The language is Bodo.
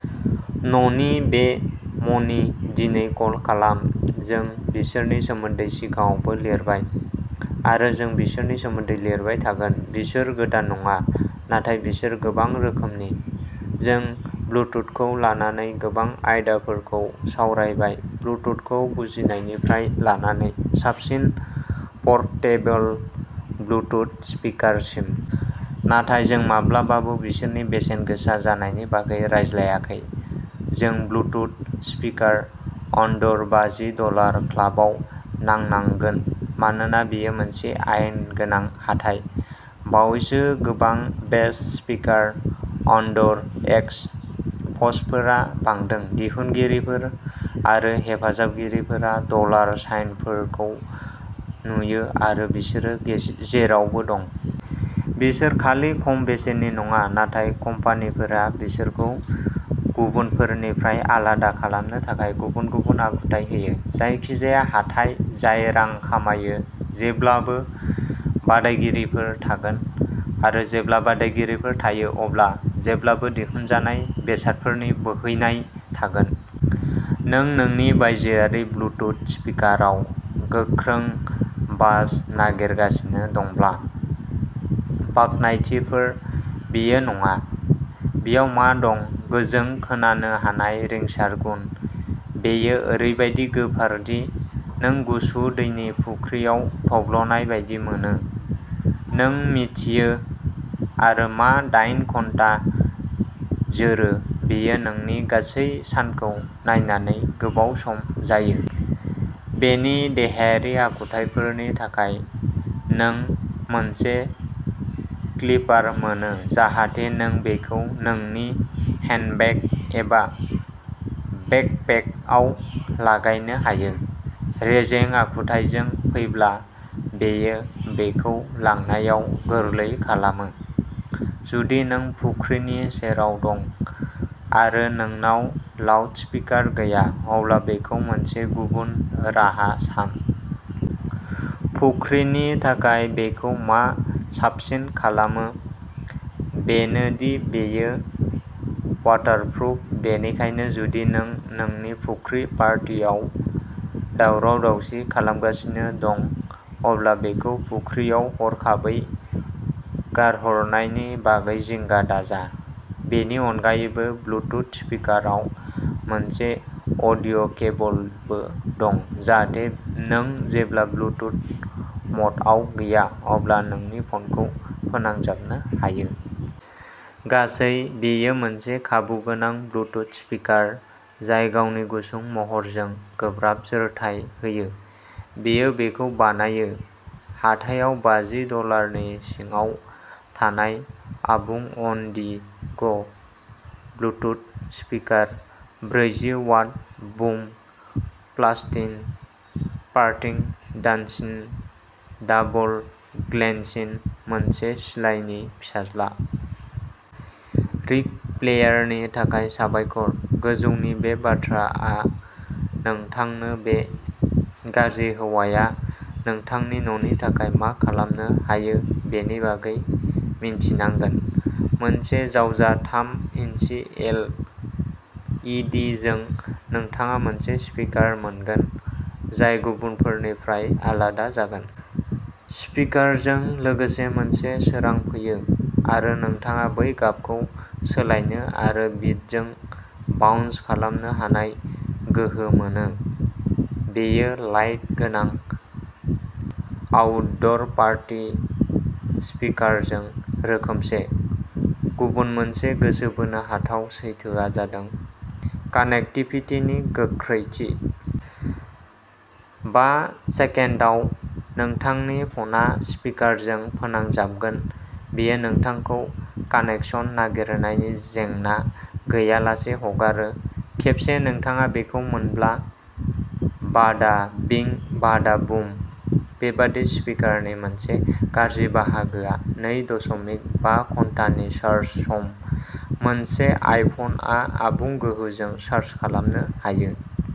न'नि बे मणि, दिनै कल खालाम जों बिसोरनि सोमोन्दै सिगाङावबो लिरबाय। आरो जों बिसोरनि सोमोन्दै लिरबाय थागोन। बिसोर गोदान नङा, नाथाय बिसोर गोबां रोखोमनि। जों ब्लुटुथखौ लानानै गोबां आयदाफोरखौ सावरायबाय। ब्लुटुथखौ बुजिनायनिफ्राय लानानै साबसिन परटेबल ब्लुटुथ स्पिकार सिम। नाथाय जों माब्लाबाबो बिसोरनि बेसेनगोसा जानायनि बागै रायज्लायाखै। जों ब्लुटुथ स्पिकार अंडर बाजि डलार क्लाबाव नांनांगोन मानोना बेयो मोनसे आयेन गोनां हाथाइ। बावैसो गोबां बेस्ट स्पिकार अंडर एक्स पस्टफोरा बांदों। दिहुनगिरिफोर आरो हेफाजाबगिरिफोरा डलार साइनफोरखौ नुयो, आरो बिसोरो जेरावबो दं। बिसोर खालि खम बेसेननि नङा, नाथाय कम्पानिफोरा बिसोरखौ गुबुनफोरनिफ्राय आलादा खालामनो थाखाय गुबुन गुबुन आखुथाय होयो। जायखिजाया हाथाइ जाय रां खामायो, जेब्लाबो बादायगिरिफोर थागोन। आरो जेब्ला बादायगिरिफोर थायो, अब्ला जेब्लाबो दिहुनजानाय बेसादफोरनि बोहैनाय थागोन। नों नोंनि बायजोआरि ब्लुटुथ स्पिकाराव गोख्रों बास नागिरगासिनो दंब्ला बाख्नायथिफोर, बेयो नङा। बेयाव मा दं। गोजों, खोनानो हानाय रिंसार गुन। बेयो ओरैबादि गोफार दि नों गुसु दैनि फुख्रियाव थब्लनाय बायदि मोनो। नों मिन्थियो आरो मा दायेन घन्टा जोरो बेयो नोंनि गासै सानखौ नायनानै गोबाव सम जायो। बेनि देहायारि आखुथायफोरनि थाखाय नों मोनसे क्लिपार मोनो जाहाथे नों बेखौ नोंनि हेन्डबेग, एबा बेकपेकआव लागायनो हायो। रेजें आखुथायजों फैब्ला, बेयो बेखौ लांनायाव गोरलै खालामो। जुदि नों फुख्रिनि सेराव दं आरो नोंनाव लाउडस्पिकार गैया, अब्ला बेखौ मोनसे गुबुन राहा सान। फुख्रिनि थाखाय बेखौ मा साबसिन खालामो बेनो दि बेयो वाटारप्रुफ। बेनिखायनो जुदि नों नोंनि फुख्रि पार्टियाव दावराव-दावसि खालामगासिनो दं, अब्ला बेखौ फुख्रियाव हरखाबै गारहरनायनि बागै जिंगा दाजा। बेनि अनगायैबो, ब्लुटुथ स्पिकाराव मोनसे अडिअ'केबलबो दं जाहाथे नों जेब्ला ब्लुटुथ म'डआव गैया अब्ला नोंनि फ'नखौ फोनांजाबनो हायो। गासै, बेयो मोनसे खाबुगोनां ब्लुटुथ स्पिकार जाय गावनि गुसुं महरजों गोब्राब जोरथाय होयो। बेयो बेखौ बानायो। हाथायाव बाजि डलारनि सिङाव थानाय आबुं अन दि ग ब्लुटुथ स्पिकार। ब्रैजि watt boom blasting, party dancing, double glancing, मोनसे सिलाइनि फिसाज्ला। रिक फ्लेयारनि थाखाय साबायखर, गोजौनि बे बाथ्राआ नोंथांनो बे गाज्रि हौवाया नोंथांनि न'नि थाखाय मा खालामनो हायो बेनि बागै मिन्थिनांगोन। मोनसे जावजा थाम इन्सि एल। इ डि जों नोंथाङा मोनसे स्पिकार मोनगोन जाय गुबुनफोरनिफ्राय आलादा जागोन। स्पिकारजों लोगोसे मोनसे सोरां फैयो। आरो नोंथाङा बै गाबखौ सोलायनो आरो बिटजों बाउन्स खालामनो हानाय गोहो मोनो। बेयो लाइट गोनां आउटड'र पार्टि स्पिकारजों रोखोमसे। गुबुन मोनसे गोसो बोनो हाथाव सैथोआ जादों कानेक्टिभिटिनि गोख्रैथि। बा सेकेन्डाव, नोंथांनि फना स्पिकारजों फोनांजाबगोन। बेयो नोंथांखौ कानेक्सन नागिरनायनि जेंना गैयालासे हगारो। खेबसे नोंथाङा बेखौ मोनब्ला, बाडा बिं बाडा बुम। बेबादि स्पिकारनि मोनसे गाज्रि बाहागोआ नै दशमिक बा घन्टानि चार्ज सम। मोनसे आइफनआ आबुं गोहोजों चार्ज खालामनो हायो।